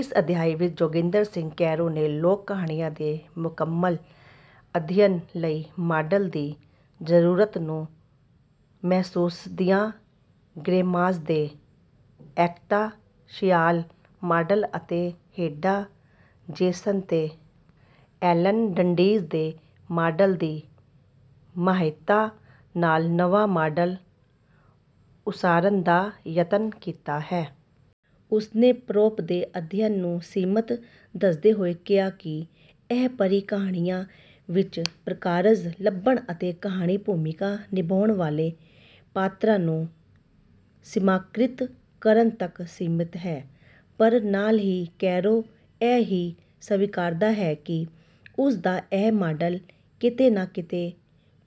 ਇਸ ਅਧਿਆਇ ਵਿੱਚ ਜੋਗਿੰਦਰ ਸਿੰਘ ਕੈਰੋਂ ਨੇ ਲੋਕ ਕਹਾਣੀਆਂ ਦੇ ਮੁਕੰਮਲ ਅਧਿਅਨ ਲਈ ਮਾਡਲ ਦੀ ਜਰੂਰਤ ਨੂੰ ਮਹਿਸੂਸਦਿਆਂ ਗ੍ਰੇਮਾਸ ਦੇ ਐਕਤਾਂਸ਼ਿਆਲ ਮਾਡਲ ਅਤੇ ਹੇਡਾ ਜੇਸਨ ਤੇ ਐਲਨ ਡੰਡੀਜ਼ ਦੇ ਮਾਡਲ ਦੀ ਸਹਾਇਤਾ ਨਾਲ ਨਵਾਂ ਮਾਡਲ ਉਸਾਰਨ ਦਾ ਯਤਨ ਕੀਤਾ ਹੈ। ਉਸਨੇ ਪਰੋਪ ਦੇ ਅਧਿਅਨ ਨੂੰ ਸੀਮਤ ਦੱਸਦੇ ਹੋਏ ਕਿਹਾ ਕਿ ਇਹ ਪਰੀ ਕਹਾਣੀਆਂ ਵਿੱਚ ਪ੍ਰਕਾਰਜ ਲੱਭਣ ਅਤੇ ਕਹਾਣੀ ਭੂਮਿਕਾ ਨਿਭਾਉਣ ਵਾਲੇ ਪਾਤਰਾਂ ਨੂੰ ਸੀਮਾਕ੍ਰਿਤ ਕਰਨ ਤਕ ਸੀਮਤ ਹੈ। ਪਰ ਨਾਲ ਹੀ ਕੈਰੋਂ ਇਹ ਵੀ ਸਵੀਕਾਰਦਾ ਹੈ ਕਿ ਉਸਦਾ ਇਹ ਮਾਡਲ ਕਿਤੇ ਨਾ ਕਿਤੇ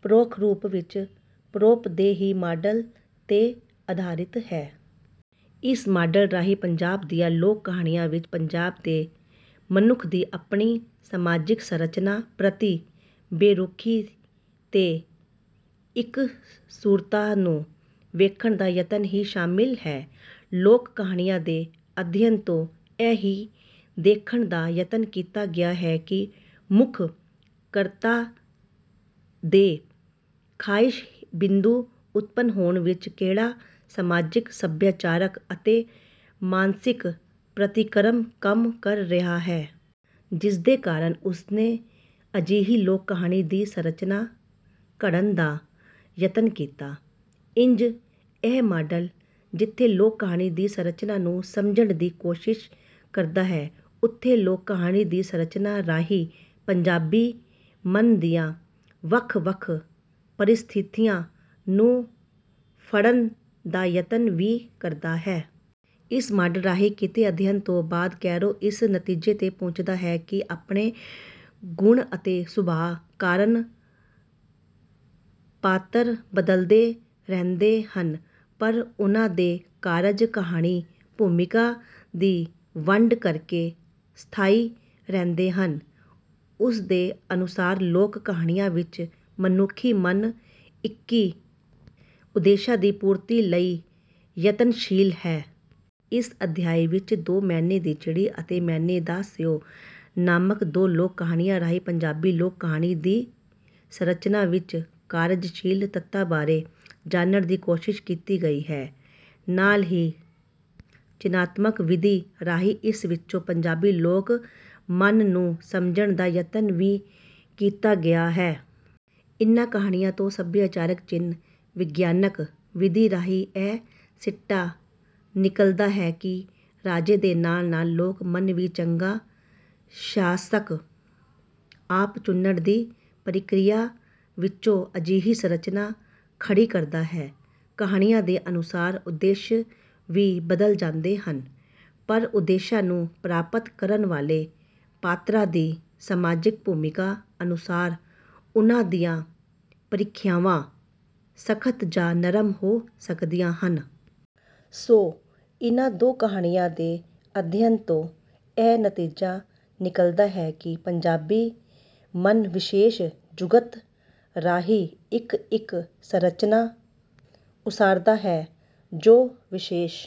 ਪਰੋਖ ਰੂਪ ਵਿੱਚ ਪਰੋਪ ਦੇ ਹੀ ਮਾਡਲ ਤੇ ਅਧਾਰਿਤ ਹੈ। ਇਸ ਮਾਡਲ ਰਾਹੀਂ ਪੰਜਾਬ ਦੀਆਂ ਲੋਕ ਕਹਾਣੀਆਂ ਵਿੱਚ ਪੰਜਾਬ ਦੇ ਮਨੁੱਖ ਦੀ ਆਪਣੀ ਸਮਾਜਿਕ ਸਰੰਚਨਾ ਪ੍ਰਤੀ ਬੇਰੁਖੀ ਤੇ ਇਕਸੁਰਤਾ ਨੂੰ ਵੇਖਣ ਦਾ ਯਤਨ ਵੀ ਸ਼ਾਮਿਲ ਹੈ। ਲੋਕ ਕਹਾਣੀਆਂ ਦੇ ਅਧਿਅਨ ਤੋਂ ਇਹ ਵੀ ਦੇਖਣ ਦਾ ਯਤਨ ਕੀਤਾ ਗਿਆ ਹੈ ਕਿ ਮੁਖ ਕਰਤਾ ਦੇ ਖਾਹਿਸ਼ ਬਿੰਦੂ ਉਤਪੰਨ ਹੋਣ ਵਿੱਚ ਕਿਹੜਾ ਸਮਾਜਿਕ ਸਭਿਆਚਾਰਕ ਅਤੇ ਮਾਨਸਿਕ ਪ੍ਰਤੀਕਰਮ ਕੰਮ ਕਰ ਰਿਹਾ ਹੈ। ਜਿਸਦੇ ਕਾਰਨ ਉਸਨੇ ਅਜਿਹੀ ਲੋਕ ਕਹਾਣੀ ਦੀ ਸਰੰਚਨਾ ਘੜਨ ਦਾ ਯਤਨ ਕੀਤਾ। ਇੰਝ ਇਹ ਮਾਡਲ ਜਿੱਥੇ ਲੋਕ ਕਹਾਣੀ ਦੀ ਸਰੰਚਨਾ ਨੂੰ ਸਮਝਣ ਦੀ ਕੋਸ਼ਿਸ਼ ਕਰਦਾ ਹੈ ਉੱਥੇ ਲੋਕ ਕਹਾਣੀ ਦੀ ਸਰੰਚਨਾ ਰਾਹੀਂ ਪੰਜਾਬੀ ਮਨ ਦੀਆਂ ਵੱਖ ਵੱਖ ਪਰਿਸਥਿਤੀਆਂ ਨੂੰ ਫੜਨ ਦਾ ਯਤਨ ਵੀ ਕਰਦਾ ਹੈ। ਇਸ ਮਾਡਲ ਰਾਹੀਂ ਕੀਤੇ ਅਧਿਅਨ ਤੋਂ ਬਾਅਦ ਕੈਰੋਂ ਇਸ ਨਤੀਜੇ ਤੇ ਪੁੱਜਦਾ ਹੈ ਕਿ ਆਪਣੇ ਗੁਣ ਅਤੇ ਸੁਭਾ ਕਾਰਨ ਪਾਤਰ ਬਦਲਦੇ ਰਹਿੰਦੇ ਹਨ ਪਰ ਉਹਨਾਂ ਦੇ ਕਾਰਜ ਕਹਾਣੀ ਭੂਮਿਕਾ ਦੀ ਵੰਡ ਕਰਕੇ ਸਥਾਈ ਰਹਿੰਦੇ ਹਨ ਉਸਦੇ ਅਨੁਸਾਰ ਲੋਕ ਕਹਾਣੀਆਂ ਵਿੱਚ ਮਨੁਖੀ ਮਨ ਇੱਕੀ ਉਦੇਸ਼ਾਂ ਦੀ ਪੂਰਤੀ ਲਈ ਯਤਨਸ਼ੀਲ ਹੈ। ਇਸ ਅਧਿਆਇ ਵਿੱਚ ਦੋ ਸੋਨੇ ਦੀ ਚਿੜੀ ਅਤੇ ਸੋਨੇ ਦਾ ਸਿਓ ਨਾਮਕ ਦੋ ਲੋਕ ਕਹਾਣੀਆਂ ਰਾਹੀਂ ਪੰਜਾਬੀ ਲੋਕ ਕਹਾਣੀ ਦੀ ਸਰੰਚਨਾ ਵਿੱਚ ਕਾਰਜਸ਼ੀਲ ਤੱਤਾਂ ਬਾਰੇ ਜਾਣਨ ਦੀ ਕੋਸ਼ਿਸ਼ ਕੀਤੀ ਗਈ ਹੈ। ਨਾਲ ਹੀ ਚਿਨ੍ਹਾਤਮਕ ਵਿਧੀ ਰਾਹੀਂ ਇਸ ਵਿੱਚੋਂ ਪੰਜਾਬੀ ਲੋਕ ਮਨ ਨੂੰ ਸਮਝਣ ਦਾ ਯਤਨ ਵੀ ਕੀਤਾ ਗਿਆ ਹੈ। ਇਨ੍ਹਾਂ ਕਹਾਣੀਆਂ ਤੋਂ ਸਭਿਆਚਾਰਕ ਚਿਨ੍ਹ ਵਿਗਿਆਨਕ ਵਿਧੀ ਰਾਹੀਂ ਇਹ ਸਿੱਟਾ ਨਿਕਲਦਾ ਹੈ ਕਿ ਰਾਜੇ ਦੇ ਨਾਲ ਨਾਲ ਲੋਕ ਮਨ ਵੀ ਚੰਗਾ ਸ਼ਾਸਕ ਆਪ ਚੁਣਨ ਦੀ ਪ੍ਰਕਿਰਿਆ ਵਿੱਚੋਂ ਅਜਿਹੀ ਸਰੰਚਨਾ ਖੜੀ ਕਰਦਾ ਹੈ। ਕਹਾਣੀਆਂ ਦੇ ਅਨੁਸਾਰ ਉਦੇਸ਼ ਵੀ ਬਦਲ ਜਾਂਦੇ ਹਨ ਪਰ ਉਦੇਸ਼ਾਂ ਨੂੰ ਪ੍ਰਾਪਤ ਕਰਨ ਵਾਲੇ ਪਾਤਰਾਂ ਦੀ ਸਮਾਜਿਕ ਭੂਮਿਕਾ ਅਨੁਸਾਰ ਉਨ੍ਹਾਂ ਦੀਆਂ ਪ੍ਰੀਖਿਆਵਾਂ ਸਖਤ ਜਾਂ ਨਰਮ ਹੋ ਸਕਦੀਆਂ ਹਨ। ਸੋ ਇਨ੍ਹਾਂ ਦੋ ਕਹਾਣੀਆਂ ਦੇ ਅਧਿਅਨ ਤੋਂ ਇਹ ਨਤੀਜਾ ਨਿਕਲਦਾ ਹੈ ਕਿ ਪੰਜਾਬੀ ਮਨ ਵਿਸ਼ੇਸ਼ ਜੁਗਤ ਰਾਹੀਂ ਇੱਕ ਇੱਕ ਸਰੰਚਨਾ ਉਸਾਰਦਾ ਹੈ ਜੋ ਵਿਸ਼ੇਸ਼